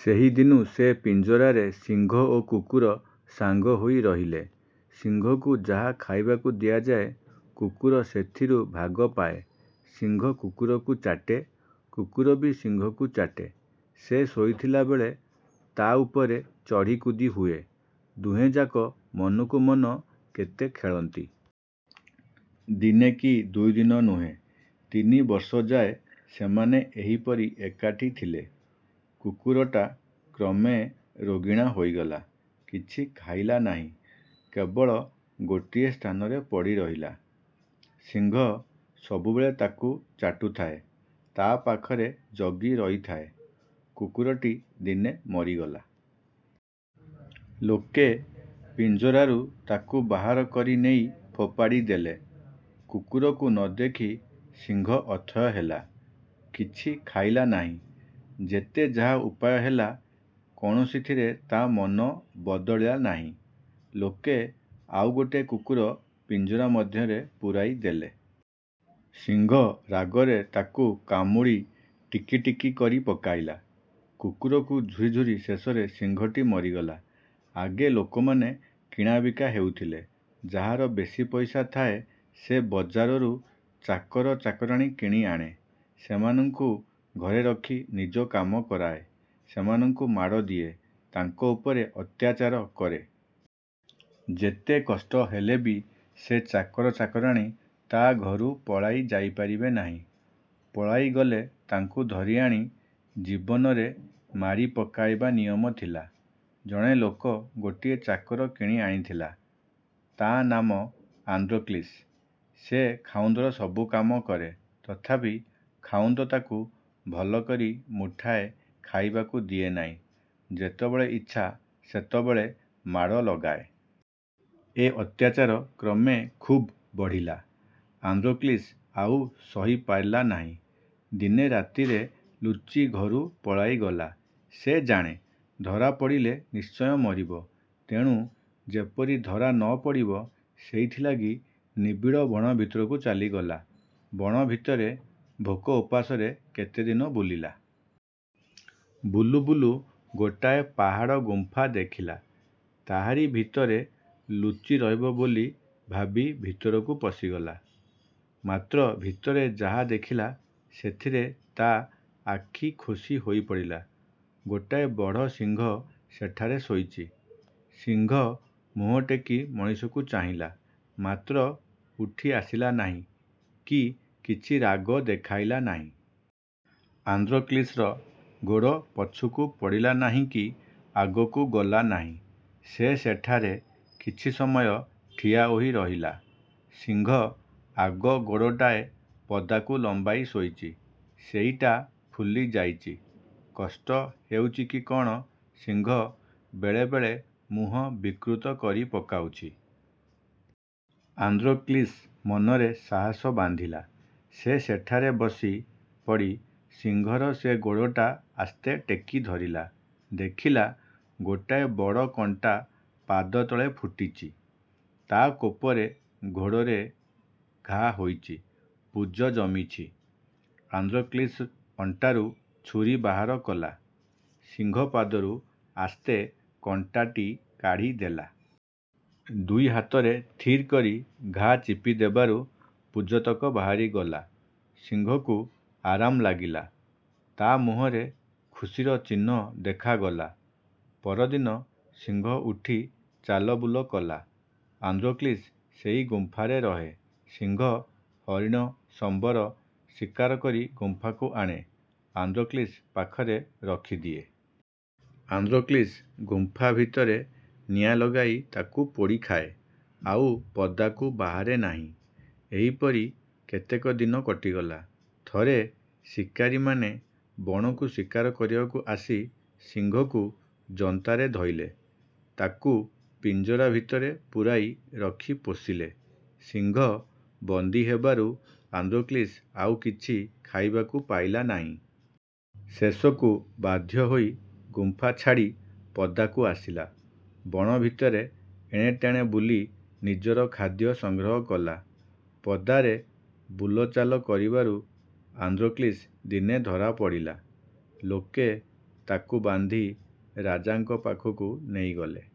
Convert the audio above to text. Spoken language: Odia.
ସେହି ଦିନୁ ସେ ପିଞ୍ଜରାରେ ସିଂହ ଓ କୁକୁର ସାଙ୍ଗ ହୋଇ ରହିଲେ। ସିଂହକୁ ଯାହା ଖାଇବାକୁ ଦିଆଯାଏ, କୁକୁର ସେଥିରୁ ଭାଗ ପାଏ। ସିଂହ କୁକୁରକୁ ଚାଟେ; କୁକୁର ବି ସିଂହକୁ ଚାଟେ। ସେ ଶୋଇଥିଲା ବେଳେ ତା'ଉପରେ ଚଢ଼ି କୁଦି ହୁଏ। ଦୁହେଁଯାକ ମନକୁ ମନ କେତେ ଖେଳନ୍ତି। ଦିନେ କି ଦୁଇ ଦିନ ନୁହେଁ, ତିନି ବର୍ଷଯାଏ ସେମାନେ ଏହିପରି ଏକାଠି ଥିଲେ। କୁକୁରଟା କ୍ରମେ ରୋଗିଣା ହୋଇଗଲା, କିଛି ଖାଇଲା ନାହିଁ-କେବଳ ଗୋଟିଏ ସ୍ଥାନରେ ପଡ଼ିରହିଲା। ସିଂହ ସବୁବେଳେ ତାକୁ ଚ। ଟୁଥାଏ, ତା' ପାଖରେ ଜଗି ରହିଥାଏ। କୁକୁରଟି ଦିନେ ମରିଗଲା। ଲୋକେ ପିଞ୍ଜରାରୁ ତାକୁ ବାହାର କରି ନେଇ ଫୋପାଡ଼ି ଦେଲେ। କୁକୁରକୁ ନ ଦେଖି ସିଂହ ଅଥୟ ହେଲା, କିଛି ଖାଇଲା ନ। ହିଁ। ଯେତେ ଯାହା ଉପାୟ ହେଲା, କୌଣସିଥିରେ ତା' ମନ ବଦଳିଲା ନାହିଁ। ଲୋକେ ଆଉ ଗୋଟାଏ କୁକୁର ପିଞ୍ଜରା ମଧ୍ୟରେ ପୁରାଇ ଦେଲେ। ସିଂହ ରାଗରେ ତାକୁ କାମୁଡ଼ି ଟିକିଟିକି କରି ପକାଇଲା। କୁକୁରକୁ ଝୁରିଝୁରି ଶେଷରେ ସିଂହଟି ମରିଗଲା। ଆଗେ ଲୋକମାନେ କିଣାବିକା ହେଉଥିଲେ। ଯାହାର ବେଶୀ ପଇସା ଥାଏ, ସେ ବଜାରରୁ ଚାକର ଚାକରାଣୀ କିଣି ଆଣେ। ସେମାନଙ୍କୁ ଘରେ ରଖି ନିଜ କାମ କରାଏ। ସେମାନଙ୍କୁ ମାଡ଼ ଦିଏ, ତାଙ୍କ ଉପରେ ଅତ୍ୟାଚାର କରେ। ଯେତେ କଷ୍ଟ ହେଲେ ବି ସେ ଚାକର ଚାକରାଣୀ ତା' ଘରୁ ପଳାଇ ଯାଇପାରିବେ ନାହିଁ। ପଳାଇଗଲେ ତାଙ୍କୁ ଧରି ଆଣି ଜୀବନରେ ମାରିପକାଇବା ନିୟମ ଥିଲା। ଜଣେ ଲୋକ ଗୋଟିଏ ଚାକର କିଣି ଆଣିଥିଲା। ତା' ନାମ ଆନ୍ଦ୍ରୋକ୍ଳିସ। ସେ ଖାଉନ୍ଦର ସବୁ କାମ କରେ; ତଥାପି ଖାଉନ୍ଦ ତାକୁ ଭଲକରି ମୁଠାଏ ଖାଇବାକୁ ଦିଏ ନାହିଁ, ଯେତେବେଳେ ଇଚ୍ଛା ସେତେବେଳେ ମାଡ଼ ଲଗାଏ। ଏ ଅତ୍ୟାଚାର କ୍ରମେ ଖୁବ୍ ବଢ଼ିଲା। ଆନ୍ଦ୍ରୋକ୍ଳିସ ଆଉ ସହିପାରିଲା ନାହିଁ। ଦିନେ ରାତିରେ ଲୁଚି ଘରୁ ପଳାଇଗଲା। ସେ ଜାଣେ, ଧରାପଡ଼ିଲେ ନିଶ୍ଚୟ ମରିବ। ତେଣୁ ଯେପରି ଧରା ନ ପଡ଼ିବ, ସେଇଥିଲାଗି ନିବିଡ଼ ବଣ ଭିତରକୁ ଚାଲିଗଲା। ବଣ ଭିତରେ ଭୋକ ଉପାସରେ କେତେ ଦିନ ବୁଲିଲା। ବୁଲୁ ବୁଲୁ ଗୋଟାଏ ପାହାଡ଼ ଗୁମ୍ଫା ଦେଖିଲା, ତାହାରି ଭିତରେ ଲୁଚି ରହିବ ବୋଲି ଭାବି ଭିତରକୁ ପଶିଗଲା। ମାତ୍ର ଭିତରେ ଯାହା ଦେଖିଲା, ସେଥିରେ ତା' ଆଖି ଖୋସି ହୋଇପଡ଼ିଲା। ଗୋଟାଏ ବଡ ସିଂହ ସେଠାରେ ଶୋଇଛି। ସିଂହ ମୁହଁ ଟେକି ମଣିଷକୁ ଚାହିଁଲା; ମାତ୍ର ଉଠି ଆସିଲା ନାହିଁ କି କିଛି ରାଗ ଦେଖାଇଲା ନାହିଁ। ଆନ୍ଦ୍ରୋକ୍ଳିସର ଗୋଡ଼ ପଛକୁ ପଡ଼ିଲା ନାହିଁ କି ଆଗକୁ ଗଲା ନାହିଁ। ସେ ସେଠାରେ କିଛି ସମୟ ଠିଆ ହୋଇ ଦେଖିଲା, ସିଂହ ଆଗ ଗୋଡ଼ଟାଏ ପଦାକୁ ଲମ୍ବାଇ ଶୋଇଛି, ସେଇଟା ଫୁଲି ଯାଇଛି। କଷ୍ଟ ହେଉଛି କି କ'ଣ, ସିଂହ ବେଳେବେଳେ ମୁହଁ ବିକୃତ କରି ପକାଉଛି। ଆନ୍ଦ୍ରୋକ୍ଳିସ ମନରେ ସାହସ ବାନ୍ଧିଲା। ସେ ସେଠାରେ ବସି ପଡ଼ି ସିଂହର ସେ ଗୋଡ଼ଟା ଆସ୍ତେ ଟେକି ଧରିଲା। ଦେଖିଲା, ଗୋଟାଏ ବଡ଼ କଣ୍ଟା ପାଦତଳେ ଫୁଟିଛି; ତା' କୋପରେ ଗୋଡ଼ରେ ଘା ହୋଇଛି, ପୁଜ ଜମିଛି। ଆନ୍ଦ୍ରୋକ୍ଳିସ ଅଣ୍ଟାରୁ ଛୁରୀ ବାହାର କଲା। ସିଂହ ପାଦରୁ ଆସ୍ତେ କଣ୍ଟାଟି କାଢ଼ିଦେଲା। ଦୁଇ ହାତରେ ଥିର୍ କରି ଘା ଚିପି ଦେବାରୁ ପୁଜତକ ବାହାରିଗଲା। ସିଂହକୁ ଆରାମ ଲାଗିଲା; ତା' ମୁହଁରେ ଖୁସିର ଚିହ୍ନ ଦେଖାଗଲା। ପରଦିନ ସିଂହ ଉଠି ଚାଲବୁଲ କଲା। ଆନ୍ଦ୍ରୋକ୍ଳିସ ସେହି ଗୁମ୍ପାରେ ରହେ। ସିଂହ, ହରିଣ, ସମ୍ବର ଶିକାର କରି ଗୁମ୍ପାକୁ ଆଣେ; ଆନ୍ଦ୍ରୋକ୍ଳିସ ପାଖରେ ରଖିଦିଏ। ଆନ୍ଦ୍ରୋକ୍ଳିସ ଗୁମ୍ଫା ଭିତରେ ନିଆଁ ଲଗାଇ ତାକୁ ପୋଡ଼ି ଖାଏ। ଆଉ ପଦାକୁ ବାହାରେ ନାହିଁ। ଏହିପରି କେତେକ ଦିନ କଟିଗଲା। ଥରେ ଶିକାରୀମାନେ ବଣକୁ ଶିକାର କରିବାକୁ ଆସି ସିଂହକୁ ଜନ୍ତାରେ ଧଇଲେ; ତାକୁ ପିଞ୍ଜରା ଭିତରେ ପୂରାଇ ରଖି ପୋଷିଲେ। ସିଂହ ବନ୍ଦୀ ହେବାରୁ ଆନ୍ଦ୍ରୋକ୍ଳିସ ଆଉ କିଛି ଖାଇବାକୁ ପାଇଲା ନାହିଁ। ଶେଷକୁ ବାଧ୍ୟ ହୋଇ ଗୁମ୍ଫା ଛାଡ଼ି ପଦାକୁ ଆସିଲା। ବଣ ଭିତରେ ଏଣେ ତେଣେ ବୁଲି ନିଜର ଖାଦ୍ୟ ସଂଗ୍ରହ କଲା। ପଦାରେ ବୁଲଚାଲ କରିବାରୁ ଆନ୍ଦ୍ରୋକ୍ଳିସ। ଦିନେ ଧରା ପଡ଼ିଲା। ଲୋକେ ତାକୁ ବାନ୍ଧି ରାଜାଙ୍କ ପାଖକୁ ନେଇଗଲେ।